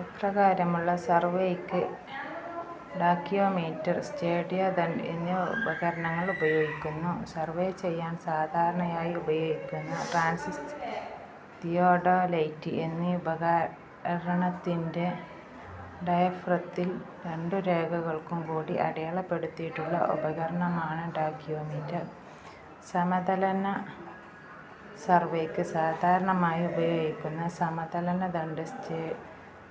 ഇപ്രകാരമുള്ള സർവേയ്ക്ക് ടാക്കിയോമീറ്റർ, സ്റ്റേഡിയ ദണ്ഡ് എന്നീ ഉപകരണങ്ങൾ ഉപയോഗിക്കുന്നു. സർവേ ചെയ്യാൻ സാധാരണയായി ഉപയോഗിക്കുന്ന ട്രാൻസിസ്റ്റ് തിയോഡൊലൈറ്റ് എന്നീ ഉപകരണത്തിന്റെ ഡയഫ്രത്തിൽ രണ്ടുരേഖകൾക്കും കൂടി അടയാളപ്പെടുത്തിയിട്ടുള്ള ഉപകരണമാണ് ടാക്കിയോമീറ്റർ. സമതലന സർവേക്ക് സാധാരണമായി ഉപയോഗിക്കുന്ന സമതലന ദണ്ഡ്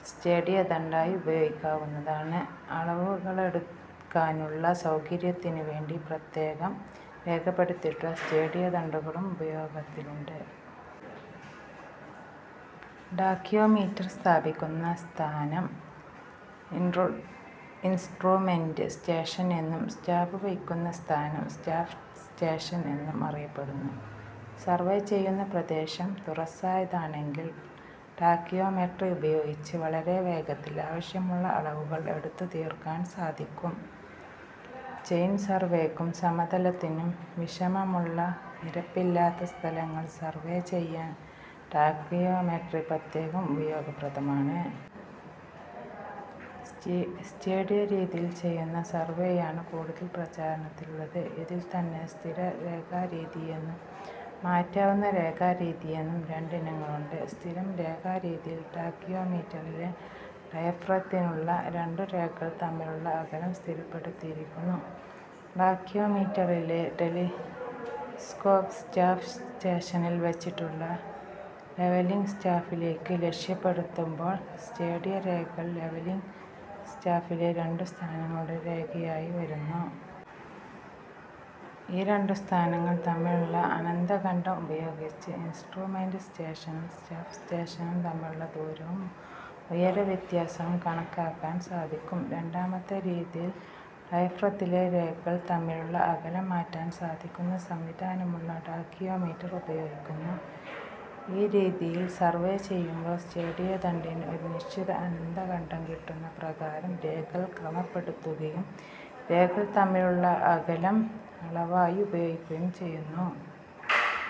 സ്റ്റേഡിയ ദണ്ഡായി ഉപയോഗിക്കാവുന്നതാണ്. അളവുകളെടുക്കാനുള്ള സൗകര്യത്തിനുവേണ്ടി പ്രത്യേകം രേഖപ്പെടുത്തിയിട്ടുള്ള സ്റ്റേഡിയ ദണ്ഡുകളും ഉപയോഗത്തിലുണ്ട്. ടാക്കിയോമീറ്റർ സ്ഥാപിക്കുന്ന സ്ഥാനം 'ഇൻസ്ട്രുമെന്റ് സ്റ്റേഷൻ' എന്നും സ്റ്റാഫ് വയ്ക്കുന്ന സ്ഥാനം 'സ്റ്റാഫ് സ്റ്റേഷൻ' എന്നും അറിയപ്പെടുന്നു. സർവേ ചെയ്യുന്ന പ്രദേശം തുറസ്സായതാണെങ്കിൽ, ടാക്കിയോമെട്രി ഉപയോഗിച്ച് വളരെ വേഗത്തിൽ ആവശ്യമുള്ള അളവുകൾ എടുത്തുതീർക്കാൻ സാധിക്കും. ചെയിൻ സർവേക്കും സമതലത്തിനും വിഷമമുള്ള, നിരപ്പില്ലാത്ത സ്ഥലങ്ങൾ സർവേ ചെയ്യാൻ ടാക്കിയോമെട്രി പ്രത്യേകം ഉപയോഗപ്രദമാണ്. സ്റ്റേഡിയ രീതിയിൽ ചെയ്യുന്ന സർവേയാണ് കൂടുതൽ പ്രചാരണത്തിലുള്ളത്. ഇതിൽത്തന്നെ 'സ്ഥിര രേഖാരീതി ' എന്നും 'മാറ്റാവുന്ന രേഖാ രീതി ' എന്നും രണ്ടിനങ്ങളുണ്ട്. സ്ഥിര രേഖാ രീതിയിൽ, ടാക്കിയോമീറ്ററിലെ ഡയഫ്രത്തിനുള്ള രണ്ടു രേഖകൾ തമ്മിലുള്ള അകലം സ്ഥിരപ്പെടുത്തിയിരിക്കും. ടാക്കിയോമീറ്ററിലെ ടെലിസ്കോപ്, സ്റ്റാഫ് സ്റ്റേഷനിൽ വച്ചിട്ടുള്ള ലെവലിങ് സ്റ്റാഫിലേക്കു ലക്ഷ്യപ്പെടുത്തുമ്പോൾ സ്റ്റേഡിയ രേഖകൾ ലെവലിങ് സ്റ്റാഫിലെ രണ്ടു സ്ഥാനങ്ങളുടെ രേഖയായി വരുന്നു. ഈ രണ്ടു സ്ഥാനങ്ങൾ തമ്മിലുള്ള അനന്തഃഖണ്ഡം ഉപയോഗിച്ച് ഇൻസ്ട്രുമെന്റ് സ്റ്റേഷനും സ്റ്റാഫ് സ്റ്റേഷനും തമ്മിലുള്ള ദൂരവും ഉയരവ്യത്യാസവും കണക്കാക്കാൻ സാധിക്കും. രണ്ടാമത്തെ രീതിയിൽ, ഡയഫ്രത്തിലെ രേഖകൾ തമ്മിലുള്ള അകലം മാറ്റാൻ സാധിക്കുന്ന സംവിധാനമുള്ള ടാക്കിയോമീറ്റർ ഉപയോഗിക്കുന്നു. ഈ രീതിയിൽ സർവേ ചെയ്യുമ്പോൾ സ്റ്റേഡിയ ദണ്ഡിൽ ഒരു നിശ്ചിത അന്തഃഖണ്ഡം കിട്ടുന്ന പ്രകാരം രേഖകൾ ക്രമപ്പെടുത്തുകയും രേഖകൾ തമ്മിലുള്ള അകലം അളവായി ഉപയോഗിക്കുകയും ചെയ്യുന്നു.